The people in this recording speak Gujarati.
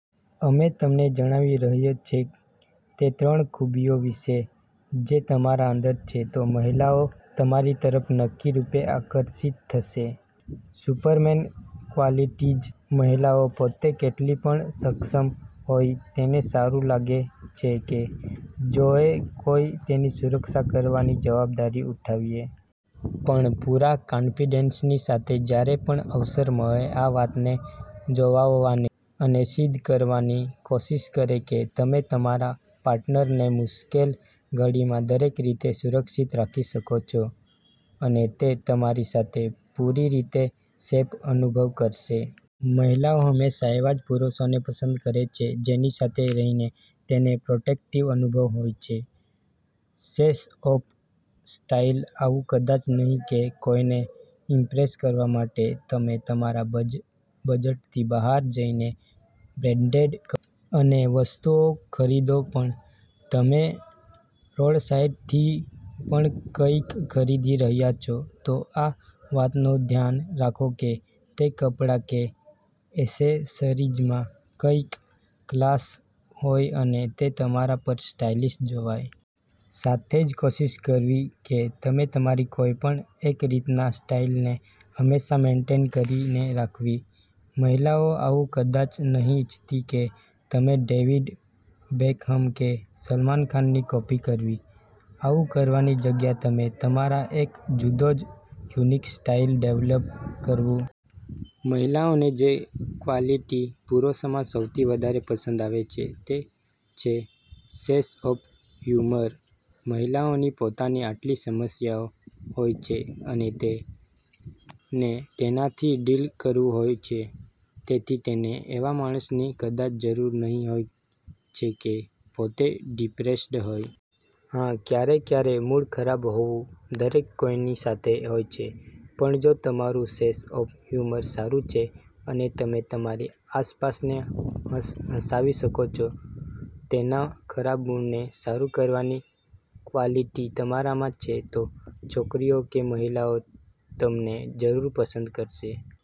અમે તમને જણાવી રહ્ય છે તે ત્રણ ખૂબીઓ વિશે જે તમારા અંદર છે તો મહિલાઓ તમારી તરફ નક્કી રૂપે આકર્ષિત થશે. સુપરમેન ક્વાલિટીજ મહિલાઓ પોતે કેટલી પણ સક્ષમ હોય તેને સારું લાગે છે કે જોએ કોઈ તેની સુરક્ષા કરવાની જવાબદારી ઉઠાવીએ. પણ પૂરા કાંફીડેંસની સાથે જ્યારે પણ અવસર મળે આ વાતને જોવાવવાની અને સિદ્ધ કરવાની કોશિશ કરે કે તમે તમારા પાર્ટનરને મુશ્કેલ ઘડીમાં દરેક રીતે સુરક્ષિત રાખી શકો છો અને તે તમારી સાથે પૂરી રીતે સેફ અનુભવ કરશે. મહિલાઓ હમેશા એવા જ પુરૂષોને પસંદ કરે છે જેની સાથે રહીને તેને પ્રોટેક્ટિવ અનુભવ હોય છે. સેંસ ઑફ સ્ટાઈલ આવું કદાચ નહી કે કોઈને ઈમ્પ્રેસ કરવા માટે તમે તમારા બજ બજટથી બહાર જઈને બ્રેંડેડ કપ અને વસ્તુઓ ખરીદો પણ તમે રોડસાઈડથી પણ કઈક ખરીદી રહ્યા છો તો આ વાતનો ધ્યાન રાખો કે તે કપડા કે એસેસરીજમાં કઈક ક્લાસ હોય અને તે તમારા પર સ્ટાઈલિશ જોવાય. સાથે જ કોશિશ કરવી કે તમે તમારી કોઈ પણ એક રીતના સ્ટાઈલને હમેશા મેનટેન કરીને રાખવી. મહિલાઓ આવું કદાચ નહી ઈચ્છતી કે તમે ડેવિડ બેકહમ કે સલમાન ખાનની કૉપી કરવી. આવું કરવાની જગ્યા તમે તમારા એક જુદો જ અને યુનિક સ્ટાઈલ ડેવલપ કરવું. મહિલાઓને જે ક્વાલિટી પુરૂષોમાં સૌથી વધારે પસંદ આવે છે તે છે સેસ ઑફ હ્યૂમર. મહિલાઓની પોતાની આટલી સમસ્યાઓ હોય છે અને તેને તેનાથી ડીલ કરવું હોય છે. તેથી તેને એવા માણસની કદાચ જરૂર નહી હોય છે કે પોતે ડિપ્રેસ્ડ હોય. હા ક્યારે કયારે મૂડ ખરાબ હોવું દરેક કોઈની સાથે હોય છે. પણ જો તમારું સેસ ઑફ હ્યૂમર સારું છે અને તમે તમારી આસપાસને હસ હંસાવી શકો છો, તેના ખરાબ મૂડને સારું કરવાની ક્વાલિટી તમારામાં છે તો છોકરીઓ કે મહિલાઓ તમને જરૂર પસંદ કરશે.